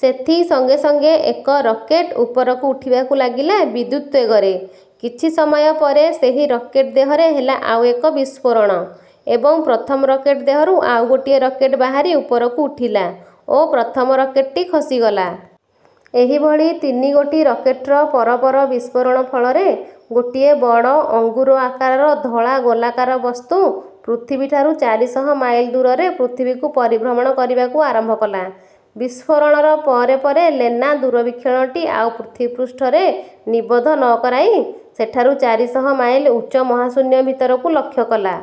ସେଥି ସଙ୍ଗେ ସଙ୍ଗେ ଏକ ରକେଟ୍ ଉପରକୁ ଉଠିବାକୁ ଲାଗିଲା ବିଦ୍ୟୁତ୍ବେଗରେ। କିଛି ସମୟ ପରେ ସେହି ରକେଟ୍ ଦେହରେ ହେଲା ଆଉ ଏକ ବିସ୍ଫୋରଣ ଏବଂ ପ୍ରଥମ ରକେଟ୍ ଦେହରୁ ଆଉ ଗୋଟିଏ ରକେଟ୍ ବାହାରି ଉପରକୁ ଉଠିଲା ଓ ପ୍ରଥମ ରକେଟ୍ଟି ଖସିଗଲା। ଏହିଭଳି ତିନିଗୋଟି ରକେଟ୍ର ପର ପର ବିସ୍ଫୋରଣ ଫଳରେ ଗୋଟିଏ ବଡ଼ ଅଙ୍ଗୁର ଆକାରର ଧଳା ଗୋଲାକାର ବସ୍ତୁ ପୃଥିବୀଠାରୁ ଚାରିଶହ ମାଇଲ ଦୂରରେ ପୃଥିବୀକୁ ପରିଭ୍ରମଣ କରିବାକୁ ଆରମ୍ଭ କଲା। ବିସ୍ଫୋରଣର ପରେ ପରେ ଲେନା ଦୂରବୀକ୍ଷଣଟି ଆଉ ପୃଥିବୀପୃଷ୍ଠରେ ନିବଦ୍ଧ ନ କରାଇ, ସେଠାରୁ ଚାରିଶହ ମାଇଲ ଉଚ୍ଚ ମହାଶୂନ୍ୟ ଭିତରକୁ ଲକ୍ଷ୍ୟ କଲା।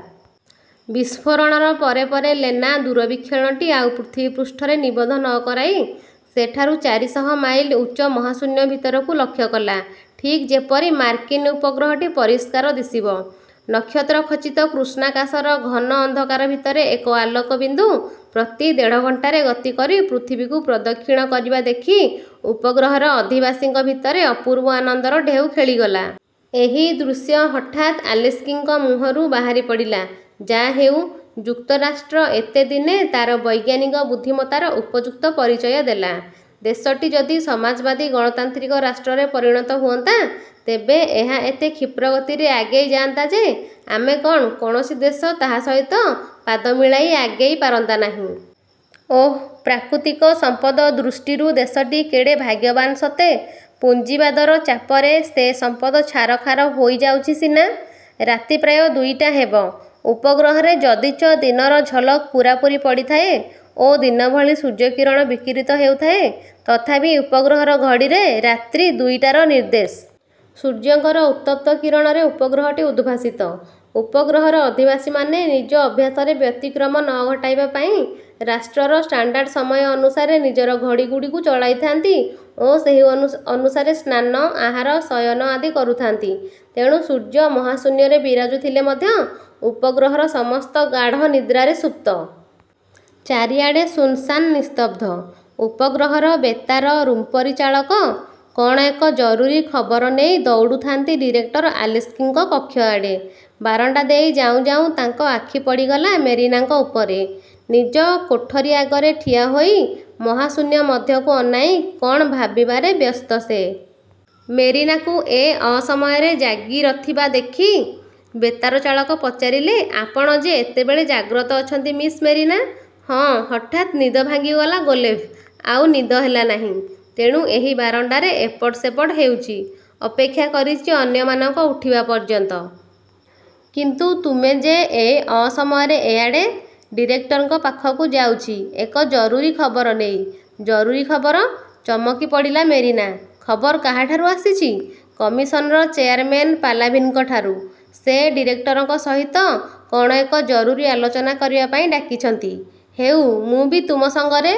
ବିସ୍ଫୋରଣର ପରେ ପରେ ଲେନା ଦୂରବୀକ୍ଷଣଟି ଆଉ ପୃଥିବୀପୃଷ୍ଠରେ ନିବଦ୍ଧ ନ କରାଇ, ସେଠାରୁ ଚାରିଶହ ମାଇଲ ଉଚ୍ଚ ମହାଶୂନ୍ୟ ଭିତରକୁ ଲକ୍ଷ୍ୟ କଲା, ଠିକ୍ ଯେପରି ମାର୍କିନ୍ ଉପଗ୍ରହଟି ପରିଷ୍କାର ଦିଶିବ। ନକ୍ଷତ୍ରଖଚିତ କୃଷ୍ଣାକାଶର ଘନ ଅନ୍ଧକାର ଭିତରେ ଏକ ଆଲୋକ ବିନ୍ଦୁ ପ୍ରତି ଦେଢ଼ ଘଣ୍ଟାରେ ଗତି କରି ପୃଥିବୀକୁ ପ୍ରଦକ୍ଷିଣ କରିବା ଦେଖି ଉପଗ୍ରହର ଅଧିବାସୀଙ୍କ ଭିତରେ ଅପୂର୍ବ ଆନନ୍ଦର ଢେଉ ଖେଳିଗଲା। ଏହି ଦୃଶ୍ୟ ହଠାତ୍ ଆଲେସ୍କିଙ୍କ ମୁହଁରୁ ବାହାରିପଡ଼ିଲା, ''ଯା' ହେଉ, ଯୁକ୍ତରାଷ୍ଟ୍ର ଏତେ ଦିନେ ତା'ର ବୈଜ୍ଞାନିକ ବୁଦ୍ଧିମତ୍ତାର ଉପଯୁକ୍ତ ପରିଚୟ ଦେଲା। ଦେଶଟି ଯଦି ସମାଜବାଦୀ ଗଣତାନ୍ତ୍ରିକ ରାଷ୍ଟ୍ରରେ ପରିଣତ ହୁଅନ୍ତା, ତେବେ ଏହା ଏତେ କ୍ଷିପ୍ରଗତିରେ ଆଗେଇଯାନ୍ତା ଯେ, ଆମେ କଣ, କୌଣସି ଦେଶ ତାହା ସହିତ ପାଦମିଳାଇ ଆଗେଇ ପାରନ୍ତା ନାହିଁ। ଓଃ, ପ୍ରାକୃତିକ ସମ୍ପଦଦୃଷ୍ଟିରୁ ଦେଶଟି କେଡ଼େ ଭାଗ୍ୟବାନ୍ ସତେ? ପୁଞ୍ଜିବାଦର ଚାପରେ ସେ ସମ୍ପଦ ଛାରଖାର ହୋଇଯାଉଛି ସିନା। '' ରାତି ପ୍ରାୟ ଦୁଇଟା ହେବ। ଉପଗ୍ରହରେ ଯଦିଚ ଦିନର ଝଲକ ପୂରାପୂରି ପଡ଼ିଥାଏ ଓ ଦିନ ଭଳି ସୂର୍ଯ୍ୟକିରଣ ବିକିରୀତ ହେଉଥାଏ, ତଥାପି ଉପଗ୍ରହର ଘଡ଼ିରେ ରାତ୍ରି ଦୁଇଟାର ନିର୍ଦ୍ଦେଶ-। ସୂର୍ଯ୍ୟଙ୍କର ଉତ୍ତପ୍ତ କିରଣରେ ଉପଗ୍ରହଟି ଉଦ୍ଭାସିତ। ଉପଗ୍ରହର ଅଧିବାସୀମାନେ ନିଜ ଅଭ୍ୟାସରେ ବ୍ୟତିକ୍ରମ ନ ଘଟଇବା ପାଇଁ ରାଷ୍ଟ୍ରର ଷ୍ଟାଣ୍ଡାର୍ଡ଼ ସମୟ ଅନୁସାରେ ନିଜର ଘଡ଼ିଗୁଡ଼ିକୁ ଚଳାଇଥାନ୍ତି ଓ ସେହି ଅନୁସାରେ ସ୍ନାନ,। ଆହାର, ଶୟନ ଆଦି କରୁଥାନ୍ତି। ତେଣୁ ସୂର୍ଯ୍ୟ ମହାଶୂନ୍ୟରେ ବିରାଜୁଥିଲେ ମଧ୍ୟ ଉପଗ୍ରହର ସମସ୍ତ ଗାଢ଼ ନିଦ୍ରାରେ ସୁପ୍ତ। ଚାରିଆଡ଼େ ଶୂନ୍ଶାନ୍ ନିସ୍ତବ୍ଧ। ଉପଗ୍ରହର ବେତାର ରୁମ୍ପରିଚାଳକ କ'ଣ ଏକ ଜରୁରୀ ଖବର ନେଇ ଦୌଡ଼ୁଥାନ୍ତି ଡିରେକ୍ଟର ଆଲେସ୍କିଙ୍କ କକ୍ଷଆଡ଼େ। ବାରଣ୍ଡା ଦେଇ ଯାଉଁ ଯାଉଁ ତାଙ୍କ ଆଖି ପଡ଼ିଗଲା ମେରିନାଙ୍କ ଉପରେ। ନିଜ କୋଠରି ଆଗରେ ଠିଆହୋଇ ମହାଶୂନ୍ୟ ମଧ୍ୟକୁ ଅନାଇ କ'ଣ ଭାବିବାରେ ବ୍ୟସ୍ତ ସେ। ମେରିନାକୁ ଏ ଅସମୟରେ ଜାଗିରଥିବା ଦେଖି ବେତାରଚାଳକ ପଚାରିଲେ, ''ଆପଣ ଯେ ଏତେବେଳେ ଜାଗ୍ରତ ଅଛନ୍ତି, ମିସ୍ ମେରିନା? '' ''ହଁ, ହଠାତ୍ ନିଦ ଭାଙ୍ଗିଗଲା ଗୋଲେଭ୍! ଆଉ ନିଦ ହେଲାନାହିଁ। ତେଣୁ ଏହି ବାରଣ୍ଡାରେ ଏପଟ ସେପଟ ହେଉଛି। ଅପେକ୍ଷା କରିଛି ଅନ୍ୟମାନଙ୍କ ଉଠିବା ପର୍ଯ୍ୟନ୍ତ। କିନ୍ତୁ ତୁମେ ଯେ ଏ ଅସମୟରେ ଏଆଡ଼େ? '' ''ଡିରେକ୍ଟରଙ୍କ ପାଖକୁ ଯାଉଛି, ଏକ ଜରୁରୀ ଖବର ନେଇ। '' ''ଜରୁରୀ ଖବର? '' ଚମକି ପଡ଼ିଲା ମେରିନା, ''ଖବର କାହାଠାରୁ ଆସିଛି। '' ''କମିଶନ୍ର ଚେୟାରମେନ୍ ପାଲାଭିନ୍ଙ୍କଠାରୁ। ସେ ଡିରେକ୍ଟରଙ୍କ ସହିତ କ'ଣ ଏକ ଜରୁରୀ ଆଲୋଚନା କରିବା ପାଇଁ ଡାକିଛନ୍ତି। '' ''ହେଉ, ମୁଁ ବି ତୁମ ସଙ୍ଗରେ